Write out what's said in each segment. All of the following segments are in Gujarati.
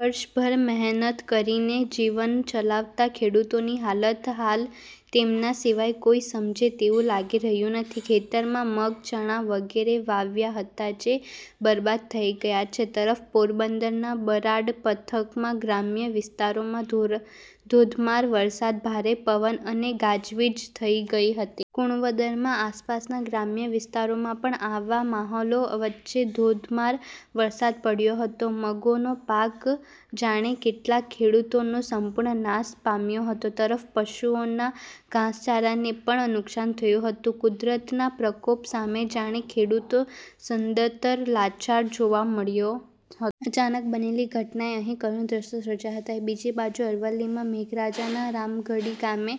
વર્ષભર મહેનત કરીને જીવન ચલાવતા ખેડૂતોની હાલત હાલ તેમના સિવાય કોઈ સમજે તેવું લાગી રહ્યું નથી. ખેતરમાં મગ, ચણા વગેરે વાવ્યા હતા જે બરબાદ થઈ ગયા છે. તરફ પોરબંદરના બરડા પંથકમાં ગ્રામ્ય વિસ્તારોમાં ધોધમાર વરસાદ, ભારે પવન અને ગાજવીજ થઈ ગઈ હતી. કુણવદરમાં આસપાસના ગ્રામ્ય વિસ્તારોમાં પણ આવા માહોલ વચ્ચેધોધમાર વરસાદ પડ્યો હતો. મગનો પાક તો જાણે કેટલાક ખેડૂતોનો સંપૂર્ણ નાશ પામ્યો હતો. તરફ પશુઓના ઘાસચારાને પણ નુકસાન થયું હતું. કુદરતના પ્રકોપ સામે જાણે ખેડૂત સદંતર લાચાર જોવા મળ્યો હતો. અચાનક બનેલીઘટનાએ અહીં કરુણ દ્રષ્યો સર્જ્યા હતા. બીજી બાજુ અરવલ્લીમાં મેઘરજના રામગઢી ગામે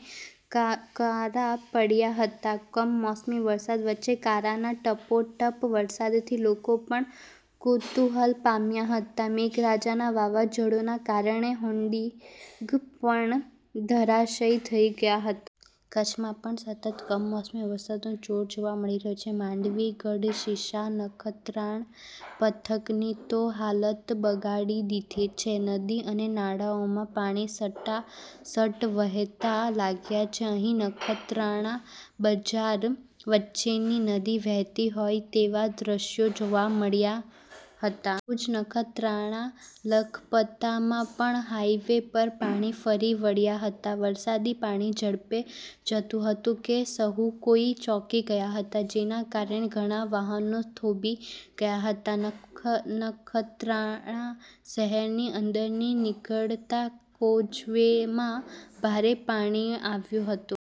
કરા પડ્યા હતા. કમોસમી વરસાદ વચ્ચે કરાના ટપોટપ વરસાદથી લોકો પણ કુતુહલ પામ્યા હતા. મેઘરજમાં વાવાઝોડાના કારણે હોર્ડિંગ પણ ધરાશાયી થઈ ગયા હતા. કચ્છમાં તો સતત કમોસમી વરસાદનું જોર જોવા મળી રહ્યું છે. માંડવી, ગઢશીશા, નખત્રાણા પંથકની તો હાલતબગાડી દીધી છે. નદી અને નાળાઓમાં પાણી સટાસટ વહેવા લાગ્યા છે. અહીં નખત્રાણા બજાર વચ્ચેનદી વહેતી હોય તેવા દ્રષ્યો જોવા મળ્યા હતા. ભૂજ, નખત્રાણા, લખપતમાં પણ હાઈવે પર પાણી ફરી વળ્યા હતા. વરસાદી પાણીઝડપે જતું હતું કે સહુ કોઈ ચોંકી ગયા હતા. જેના કારણે ઘણા વાહનો થોભી ગયા હતા. નખત્રાણા શહેરની અંદરથી નીકળતા કોઝવેમાં ભારે પાણી આવ્યું હતું.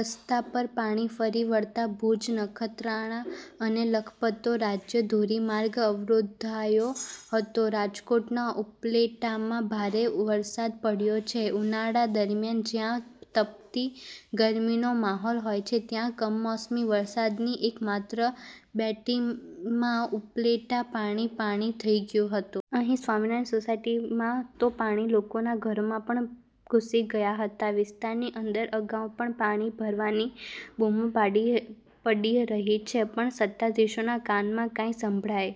રસ્તા પર પાણી ફરી વળતા ભુજ, નખત્રાણા અને લખપતનો રાજ્ય ધોરીમાર્ગ અવરોધાયો હતો. રાજકોટના ઉપલેટામાં ભારે વરસાદ પડ્યો છે. ઉનાળા દરમિયાન જ્યાં તપતી ગરમીનો માહોલ હોય છે ત્યાં કમોસમી વરસાદની એક માત્ર બેટિંગમાંઉપલેટા પાણી પાણી થઈ ગયું હતું. અહીં સ્વામિનારાયણ સોસાયટીમાં તો લોકોના ઘરોમાં પણ પાણી ઘૂસી ગયા હતા. વિસ્તારની અંદર અગાઉ પણ પાણી ભરાવાની બુમો પડતી રહી છે પણ સત્તાધિશોના કાન એમ કાંઈ સાંભળે?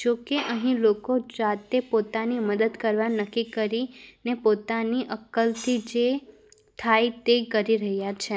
જોકે અહીં લોકો જાતેપોતાની મદદ કરવાનું નક્કી કરીને પોતાની અક્કલથી જે થાય તે કરી રહ્યા છે.